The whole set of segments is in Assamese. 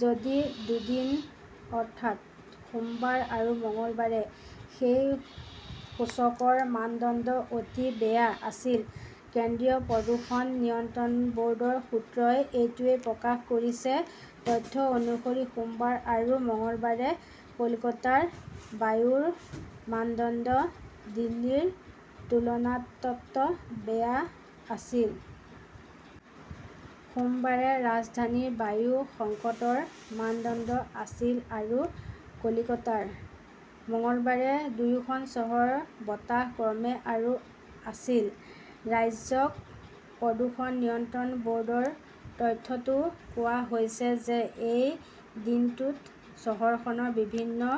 যোৱা দুদিন, অৰ্থাৎ সোমবাৰ আৰু মঙলবাৰে সেই সূচকৰ মানদণ্ড 'অতি বেয়া "আছিল। কেন্দ্ৰীয় প্ৰদূষণ নিয়ন্ত্ৰণ ব "ৰ্ডৰ সূত্ৰই এইটোৱেই প্ৰকাশ কৰিছে। তথ্য অনুসৰি সোমবাৰ আৰু মঙলবাৰে কলকাতাৰ বায়ুৰ মানদণ্ড দিল্লীৰ তুলনাতও বেয়া আছিল। সোমবাৰে ৰাজধানীৰ বায়ু সংকেতৰ মানদণ্ড আছিল আৰু কলকাতাৰ। মঙলবাৰে দুয়োখন চহৰৰ বতাহ ক্ৰমে আৰু আছিল। ৰাজ্যিক প্ৰদূষণ নিয়ন্ত্ৰণ ব "ৰ্ডৰ তথ্যতো কোৱা হৈছে যে এই দিনটোত চহৰখনৰ বিভিন্ন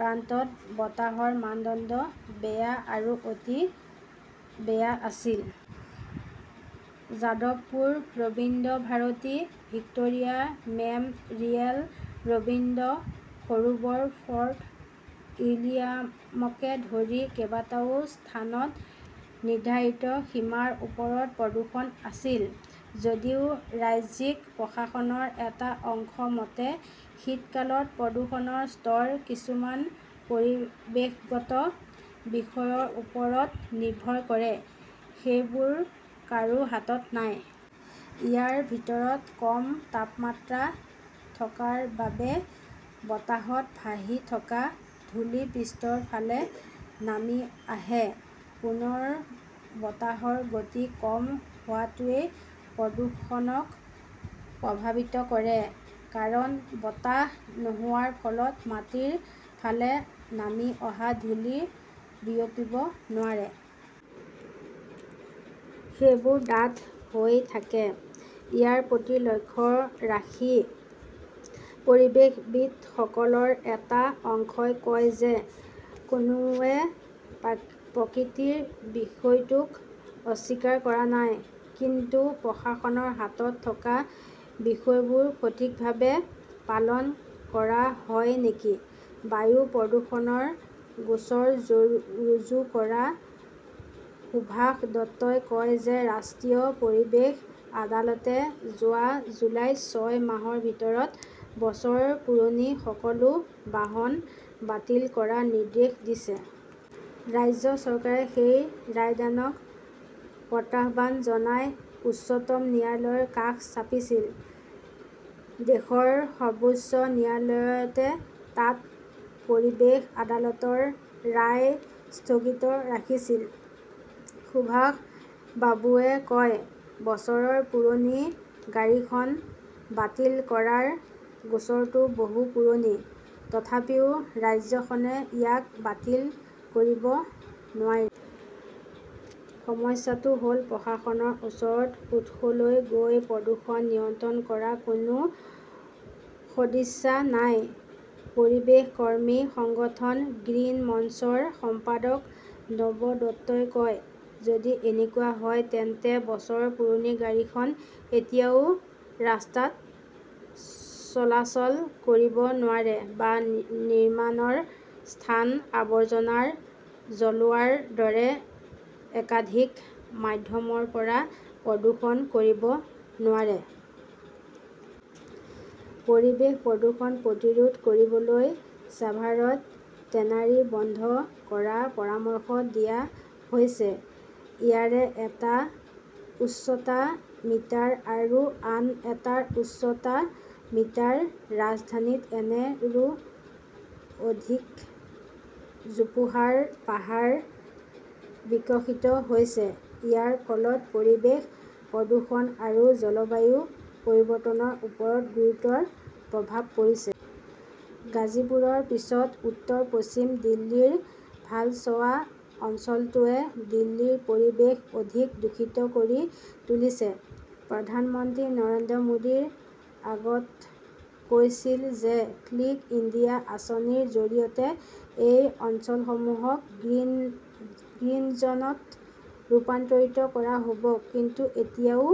প্ৰান্তত বতাহৰ মানদণ্ড বেয়া আৰু অতি বেয়া আছিল। Jadavpur, Rabindra Bharati, Victoria "memorial, Rabindra Sarobar, Fort উইলিয়ামকে ধৰি কেইবাটাও স্থানত নিৰ্ধাৰিত সীমাৰ ওপৰত প্ৰদূষণ আছিল। যদিও ৰাজ্যিক প্ৰশাসনৰ এটা অংশৰ মতে, শীতকালত প্ৰদূষণৰ স্তৰ কিছুমান পৰিৱেশগত বিষয়ৰ ওপৰত নিৰ্ভৰ কৰে। সেইবোৰ কাৰো হাতত নাই। ইয়াৰ ভিতৰত কম তাপমাত্ৰা থকাৰ বাবে বতাহত ভাহি থকা ধূলি পৃষ্ঠৰ ফালে নামি আহে। পুনৰ, বতাহৰ গতি কম হোৱাটোৱেও প্ৰদূষণক প্ৰভাৱিত কৰে। কাৰণ, বতাহ নোহোৱাৰ ফলত মাটিৰ ফালে নামি অহা ধূলি বিয়পিব নোৱাৰে। সেইবোৰ ডাঠ হৈ থাকে। ইয়াৰ প্ৰতি লক্ষ্য ৰাখি পৰিৱেশবিদসকলৰ এটা অংশই কয় যে কোনোৱে প্ৰাকৃতিক বিষয়টোক অস্বীকাৰ কৰা নাই। কিন্তু প্ৰশাসনৰ হাতত থকা বিষয়বোৰ সঠিকভাৱে পালন কৰা হয় নেকি? বায়ু প্ৰদূষণৰ গোচৰ ৰুজু কৰা সুভাষ দত্তই কয় যে ৰাষ্ট্ৰীয় পৰিৱেশ আদালতে যোৱা জুলাইত ছয় মাহৰ ভিতৰত বছৰ পুৰণি সকলো বাহন বাতিল কৰাৰ নিৰ্দেশ দিছিল। ৰাজ্য চৰকাৰে সেই ৰায়দানক প্ৰত্যাহ্বান জনাই উচ্চতম ন্যায়ালয়ৰ কাষ চাপিছিল। দেশৰ সৰ্বোচ্চ ন্যায়ালয়ে তাত পৰিৱেশ আদালতৰ ৰায় স্থগিত ৰাখিছিল। সুভাষ বাবুৱে কয়, " বছৰ পুৰণি গাড়ীখন বাতিল কৰাৰ গোচৰটো বহু পুৰণি। তথাপিও ৰাজ্যখনে ইয়াক বাতিল কৰিব নোৱাৰিলে! "সমস্যাটো হ" ল, প্ৰশাসনৰ ওচৰত উৎসলৈ গৈ প্ৰদূষণ নিয়ন্ত্ৰণ কৰাৰ কোনো সদিচ্ছা নাই ", পৰিৱেশ কৰ্মী সংগঠন 'গ্ৰীণ মঞ্চ' ৰ সম্পাদক নব দত্তই কয়। যদি এনেকুৱা হয়, তেন্তে বছৰ পুৰণি গাড়ীখন এতিয়াও ৰাস্তাত চলাচল কৰিব নোৱাৰে, বা নিৰ্মাণৰ স্থান, আৱৰ্জনা জ্বলোৱাৰ দৰে একাধিক মাধ্যমৰ পৰা প্ৰদূষণ কৰিব নোৱাৰে। "। পৰিৱেশ প্ৰদূষণ প্ৰতিৰোধ কৰিবলৈ ছাভাৰত টেনাৰী বন্ধ কৰাৰ পৰামৰ্শ দিয়া হৈছে ইয়াৰে এটাৰ উচ্চতা মিটাৰ আৰু আন এটাৰ উচ্চতা মিটাৰ। ৰাজধানীত এনে, ৰো অধিক জোপোহাৰ পাহাৰ বিকশিত হৈছে। ইয়াৰ ফলত পৰিৱেশ প্ৰদূষণ আৰু জলবায়ু পৰিৱৰ্তনৰ ওপৰত গুৰুতৰ প্ৰভাৱ পৰিছে। গাজীপুৰৰ পিছত উত্তৰ-পশ্চিম দিল্লীৰ ভালছৱা অঞ্চলটোৱে দিল্লীৰ পৰিৱেশ অধিক দূষিত কৰি তুলিছে। প্ৰধানমন্ত্ৰী নৰেন্দ্ৰ মোদীয়ে অৱগত কৰিছিল যে 'ক্লিন ইণ্ডিয়া "আঁচনিৰ জৰিয়তে এই অঞ্চলসমূহক' গ্ৰীণ জ" নত "ৰূপান্তৰিত কৰা হ" ব। কিন্তু এতিয়াও